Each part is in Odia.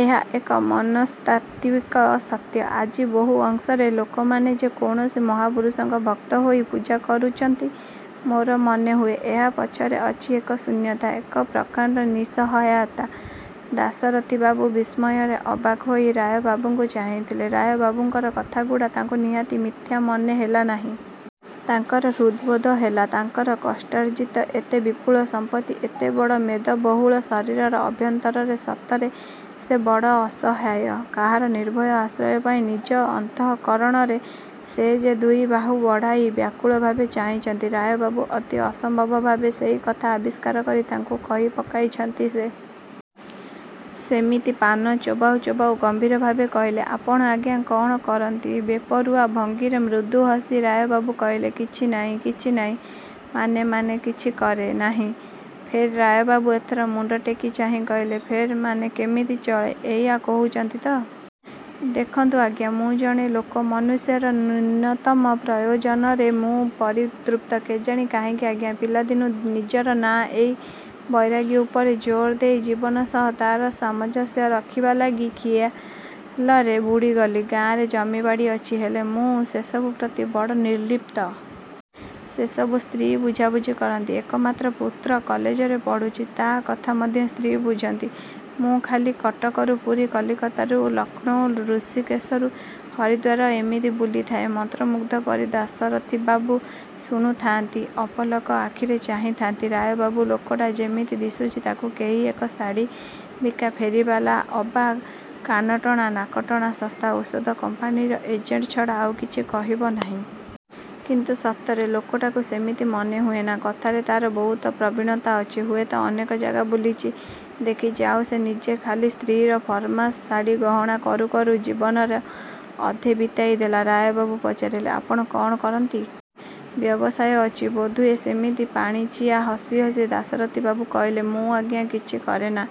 "ଏହା ଏକ ମନସ୍ତାତ୍ତ୍ୱିକ ସତ୍ୟ। ଆଜି ବହୁ ଅଂଶରେ ଲୋକମାନେ ଯେ କୌଣସି ମହାପୁରୁଷଙ୍କ ଭକ୍ତ ହୋଇ ପୂଜା କରୁଚନ୍ତି। ମୋର ମନେହୁଏ, ଏହା ପଛରେ ଅଛିଏକ ଶୂନ୍ୟତା, ଏକ ପ୍ରକାଣ୍ଡ ନିଃସହାୟତା।"ଦାଶରଥିବାବୁ ବିସ୍ମୟରେ ଅବାକ୍ ହୋଇ ରାୟବାବୁଙ୍କୁ ଚାହିଁଥିଲେ। ରାୟବାବୁଙ୍କର କଥା ଗୁଡ଼ା ତାଙ୍କୁ ନିହାତି ମିଥ୍ୟା ମନେହେଲା ନାହିଁ। ତାଙ୍କର ହୃଦ୍‌ବୋଧ ହେଲା, ତାଙ୍କର କଷ୍ଟାର୍ଜିତ ଏତେ ବିପୁଳ ସମ୍ପତ୍ତି, ଏତେବଡ଼ ମେଦବହୁଳ ଶରୀର ଅଭ୍ୟନ୍ତରରେ ସତରେ ସେ ବଡ଼ ଅସହାୟ। କାହାର ନିର୍ଭୟ ଆଶ୍ରୟ ପାଇଁ ନିଜ ଅନ୍ତଃକରଣରେ ସେ ଯେ ଦୁଇବାହୁ ବଢ଼ାଇ ବ୍ୟାକୁଳ ଭାବେ ଚାହିଁଚନ୍ତି, ରାୟବାବୁ ଅତି ଅସମ୍ଭବ ଭାବେ ସେହି କଥା ଆବିଷ୍କାର କରି ତାଙ୍କୁ କହି ପକାଇଚନ୍ତି। ସେ ସେମିତି ପାନ ଚୋବାଉ ଚୋବାଉ ଗମ୍ଭୀର ଭାବେ କହିଲେ, "ଆପଣ ଆଜ୍ଞା, କ'ଣ କରନ୍ତି?"ବେପରୁଆ ଭଙ୍ଗୀରେ ମୃଦୁ ହସି ରାୟବାବୁ କହିଲେ, "କିଛି ନାଇଁ।""କିଛି ନାଇଁ ମାନେ?""ମାନେ କିଛି କରେ ନାହିଁ।""ଫେର୍?"ରାୟବାବୁ ଏଥର ମୁଣ୍ଡଟେକି ଚାହିଁ କହିଲେ, "ଫେର୍? ମାନେ କେମିତି ଚଳେ, ଏଇଆ କହୁଚନ୍ତି ତ? ଦେଖନ୍ତୁ ଆଜ୍ଞା, ମୁଁ ଜଣେ ଲୋକ, ମନୁଷ୍ୟର ନ୍ୟୁନତମ ପ୍ରୟୋଜନରେ ମୁଁ ପରିତୃପ୍ତ। କେଜାଣି କାହିଁକି ଆଜ୍ଞା, ପିଲାଦିନୁ ନିଜର ନାଁ ଏଇ 'ବୈରାଗୀ' ଉପରେ ଜୋର୍ ଦେଇ ଜୀବନ ସହ ତା'ର ସାମଞ୍ଜସ୍ୟ ରଖିବା ଲାଗି, ଖିଆଲରେ, ବୁଡ଼ିଗଲି।" "ଗାଁରେ ଜମିବାଡ଼ି ଅଛି, ହେଲେ ମୁଁ ସେସବୁ ପ୍ରତି ବଡ଼ ନିର୍ଲିପ୍ତ। ସେ ସବୁ ସ୍ତ୍ରୀ ବୁଝାବୁଝି କରନ୍ତି। ଏକମାତ୍ର ପୁତ୍ର କଲେଜରେ ପଢ଼ୁଚି, ତା' କଥା ମଧ୍ୟ ସ୍ତ୍ରୀ ବୁଝନ୍ତି। ମୁଁ ଖାଲି କଟକରୁ ପୁରୀ, କଲିକତାରୁ ଲକ୍ଷ୍ନୌ, ଋଷିକେଶରୁ ହରିଦ୍ୱାର ଏମିତି ବୁଲିଥାଏ।"ମନ୍ତ୍ରମୁଗ୍ଧ ପରି ଦାଶରଥିବାବୁ ଶୁଣୁଥାଆନ୍ତି। ଅପଲକ ଆଖିରେ ଚାହିଁଥାନ୍ତି। ରାୟବାବୁ ଲୋକଟା ଯେମିତି ଦିଶୁଚି, ତାକୁ କେହି ଏକ ଶାଢ଼ୀ ବିକା ଫେରିବାଲା ଅବା କାନଟଣା, ନାକଟଣା ଶସ୍ତା ଔଷଧ କମ୍ପାନୀର ଏଜେଣ୍ଟ ଛଡ଼ା ଆଉ କିଛି କହିବ ନାହିଁ। କିନ୍ତୁ ସତରେ ଲୋକଟାକୁ ସେମିତି ମନେ ହୁଏନା। କଥାରେ ତାର ବହୁତ ପ୍ରବୀଣତା ଅଛି। ହୁଏତ ଅନେକ ଜାଗା ବୁଲିଚି, ଦେଖିଚି, ଆଉ ସେ ନିଜେ ଖାଲି ସ୍ତ୍ରୀର ଫରମାସ ଶାଢ଼ି ଗହଣା କରୁ କରୁ ଜୀବନର ଅଧେ ବିତାଇ ଦେଲେ। ରାୟବାବୁ ପଚାରିଲେ, "ଆପଣ କ'ଣ କରନ୍ତି? ବ୍ୟବସାୟ ଅଛି ବୋଧହୁଏ?" ସେମିତି ପାଣିଚିଆ ହସ ହସି ଦାଶରଥିବାବୁ କହିଲେ, "ମୁଁ ଆଜ୍ଞା କିଛି କରେନା।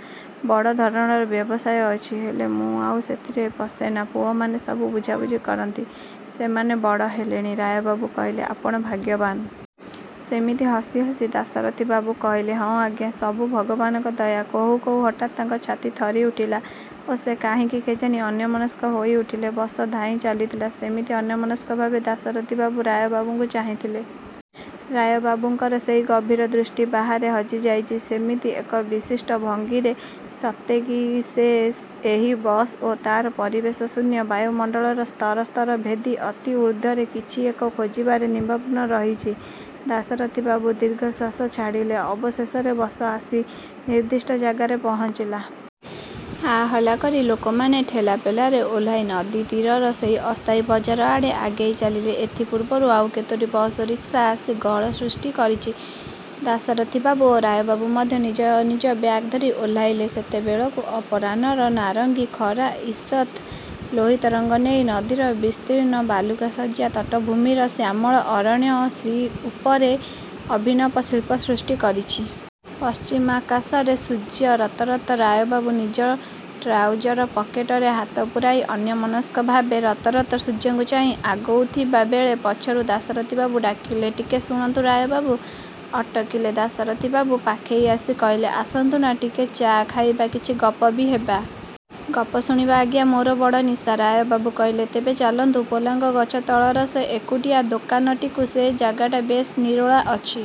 ବଡ଼ ଧରଣର ବ୍ୟବସାୟ ଅଛି, ହେଲେ ମୁଁ ଆଉ ସେଥିରେ ପଶେନା। ପୁଅମାନେ ସବୁ ବୁଝାବୁଝି କରନ୍ତି। ସେମାନେ ବଡ଼ ହେଲେଣି।" ରାୟବାବୁ କହିଲେ, "ଆପଣ ଭାଗ୍ୟବାନ୍।" ସେମିତି ହସି ହସି ଦାଶରଥିବାବୁ କହିଲେ, "ହଁ ଆଜ୍ଞା। ସବୁ ଭଗବାନଙ୍କ ଦୟା।" କହୁ କହୁ ହଠାତ୍ ତାଙ୍କ ଛାତି ଥରି ଉଠିଲା ଓ ସେ କାହିଁକି କେଜାଣି ଅନ୍ୟମନସ୍କ ହୋଇ ଉଠିଲେ। ବସ ଧାଇଁ ଚାଲିଥିଲା। ସେମିତି ଅନ୍ୟମନସ୍କ ଭାବେ ଦାଶରଥିବାବୁ ରାୟବାବୁଙ୍କୁ ଚାହିଁଥିଲେ। ରାୟବାବୁଙ୍କର ସେହି ଗଭୀର ଦୃଷ୍ଟି, ବାହାରେ ହଜିଯାଇଚି ସେମିତି ଏକ ବିଶିଷ୍ଟ ଭଙ୍ଗୀରେ; ସତେକି ସେ ଏହି ବସ ଓ ତାର ପରିବେଶ, ଶୂନ୍ୟ ବାୟୁମଣ୍ଡଳର ସ୍ତରସ୍ତର ଭେଦି ଅତି ଊର୍ଦ୍ଧ୍ଵରେ କିଛି ଏକ ଖୋଜିବାରେ ନିମଗ୍ନ ରହିଚି। ଦାଶରଥିବାବୁ ଦୀର୍ଘଶ୍ୱାସ ଛାଡ଼ିଲେ। ଅବଶେଷରେ ବସ ଆସି ନିର୍ଦ୍ଦିଷ୍ଟ ଜାଗାରେ ପହଞ୍ଚିଲା। ହାହଲ୍ଲା କରି ଲୋକମାନେ ଠେଲାପେଲାରେ ଓହ୍ଲାଇ ନଦୀ ତୀରର ସେହି ଅସ୍ଥାୟୀ ବଜାର ଆଡ଼େ ଆଗେଇ ଚାଲିଲେ। ଏଥିପୂର୍ବରୁ ଆଉ କେତୋଟି ବସ ଓ ରିକ୍ସା ଆସି ଗହଳ ସୃଷ୍ଟି କରିଚି। ଦାଶରଥିବାବୁ ଓ ରାୟବାବୁ ମଧ୍ୟ ନିଜ ନିଜ ବ୍ୟାଗ ଧରି ଓହ୍ଲାଇଲେ। ସେତେବେଳକୁ ଅପରାହ୍ନର ନାରଙ୍ଗୀ ଖରା, ଈଷତ୍ ଲୋହିତ ରଙ୍ଗ ନେଇ ନଦୀର ବିସ୍ତୀର୍ଣ୍ଣ ବାଲୁକା ଶଯ୍ୟା, ତଟଭୂମିର ଶ୍ୟାମଳ ଅରଣ୍ୟ ଶ୍ରୀଉପରେ ଅଭିନବ ଶିଳ୍ପ ସୃଷ୍ଟି କରିଛି। ପଶ୍ଚିମାକାଶରେ ସୂର୍ଯ୍ୟ ରତରତ। ରାୟବାବୁ ନିଜ ଟ୍ରାଉଜର ପକେଟରେ ହାତପୁରାଇ, ଅନ୍ୟମନସ୍କ ଭାବେ ରତରତ ସୂର୍ଯ୍ୟଙ୍କୁ ଚାହିଁ ଆଗୋଉଥିବା ବେଳେ, ପଛରୁ ଦାଶରଥିବାବୁ ଡାକିଲେ, "ଟିକେ ଶୁଣନ୍ତୁ।" ରାୟବାବୁ ଅଟକିଲେ। ଦାଶରଥିବାବୁ ପାଖେଇ ଆସି କହିଲେ, "ଆସନ୍ତୁ ନା, ଟିକେ ଚା' ଖାଇବା। କିଛି ଗପ ବି ହେବ। ଗପ ଶୁଣିବା ଆଜ୍ଞା ମୋର ବଡ଼ ନିଶା।"ରାୟବାବୁ କହିଲେ, "ତେବେ ଚାଲନ୍ତୁ, ପୋଲାଙ୍ଗ ଗଛ ତଳର ସେ ଏକୁଟିଆ ଦୋକାନଟିକୁ। ସେ ଜାଗାଟା ବେଶ୍ ନିରୋଳା ଅଛି।"